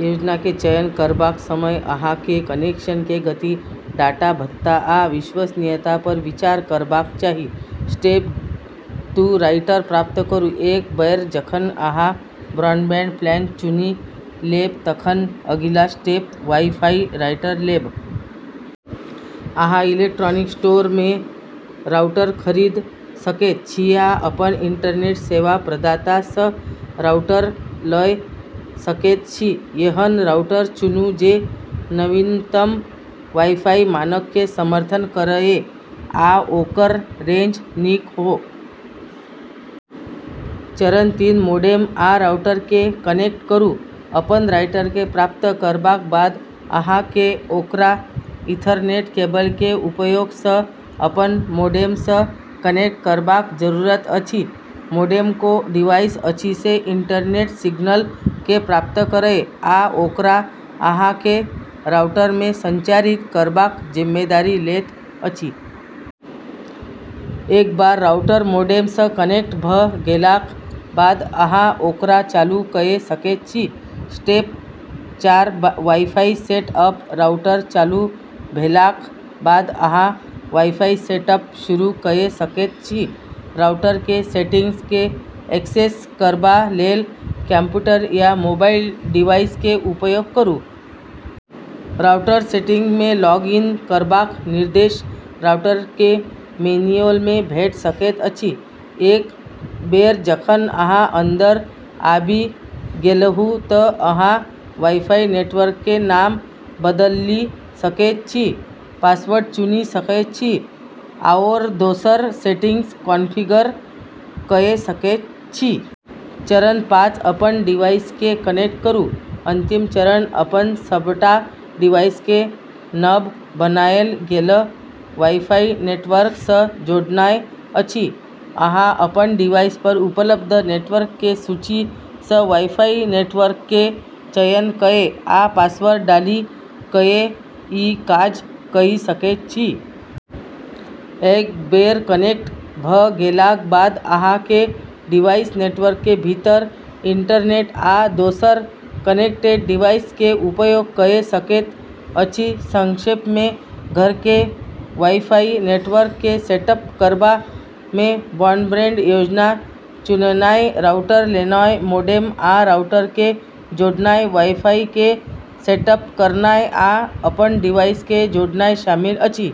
योजना के चयन करबाक समय अहाँ के कनेक्शन के गति, डाटा भत्ता, आ विश्वसनीयता पर विचार करबाक चाही। स्टेप दू राउटर प्राप्त करू। एक बेर जखन अहाँ ब्रॉडबैंड प्लान चुनि लेब तखन अगिला स्टेप वाई-फाई राउटर लेब। अहाँ इलेक्ट्रॉनिक्स स्टोर सँ राउटर खरीद सकैत छी या अपन इंटरनेट सेवा प्रदाता सँ राउटर लए सकैत छी। एहन राउटर चुनू जे नवीनतम वाई-फाई मानक के समर्थन करए आ ओकर रेंज नीक हो। चरण तीन मोडेम आ राउटर के कनेक्ट करू। अपन राउटर के प्राप्त करबाक बाद, अहाँ के ओकरा ईथरनेट केबल के उपयोग सँ अपन मोडेम सँ कनेक्ट करबाक जरूरत अछि। मोडेम ओ डिवाइस अछि जे इंटरनेट सिग्नल के प्राप्त करए आ ओकरा अहाँ के राउटर मे संचारित करबाक जिम्मेदारी लैत अछि। एक बेर राउटर मोडेम सँ कनेक्ट भ गेलाक बाद अहाँ ओकरा चालू कए सकैत छी। स्टेप चार वाई-फाई सेट अप। राउटर चालू भेलाक बाद अहाँ वाई-फाई सेटअप शुरू कए सकैत छी। राउटर के सेटिंग्स के एक्सेस करबा लेल कंप्यूटर या मोबाइल डिवाइस के उपयोग करू। राउटर सेटिंग्स मे लॉग इन करबाक निर्देश राउटर के मैनुअल मे भेट सकैत अछि। एक बेर जखन अहाँ अंदर आबि गेलहुं त अहाँ वाई-फाई नेटवर्क के नाम बदलि सकैत छी, पासवर्ड चुनि सकैत छी आओर दोसर सेटिंग्स कॉन्फ़िगर कए सकैत छी। चरण पाँच अपन डिवाइस के कनेक्ट करू। अंतिम चरण अपन सबटा डिवाइस के नव बनायल गेल वाई-फाई नेटवर्क सँ जोड़नाय अछि। अहाँ अपन डिवाइस पर उपलब्ध नेटवर्क के सूची सँ वाई-फाई नेटवर्क के चयन कए आ पासवर्ड डालि कए ई काज कए सकैत छी। एक बेर कनेक्ट भ गेलाक बाद अहाँ के डिवाइस नेटवर्क के भीतर इंटरनेट आ दोसर कनेक्टेड डिवाइस के उपयोग कए सकैत अछि। संक्षेप मे, घर के वाई-फाई नेटवर्क के सेटअप करबा मे ब्रॉडबैंड योजना चुननाय, राउटर लेनाय, मोडेम आ राउटर के जोड़नाय, वाई-फाई के सेटअप करनाय, आ अपन डिवाइस के जोड़नाय शामिल अछि।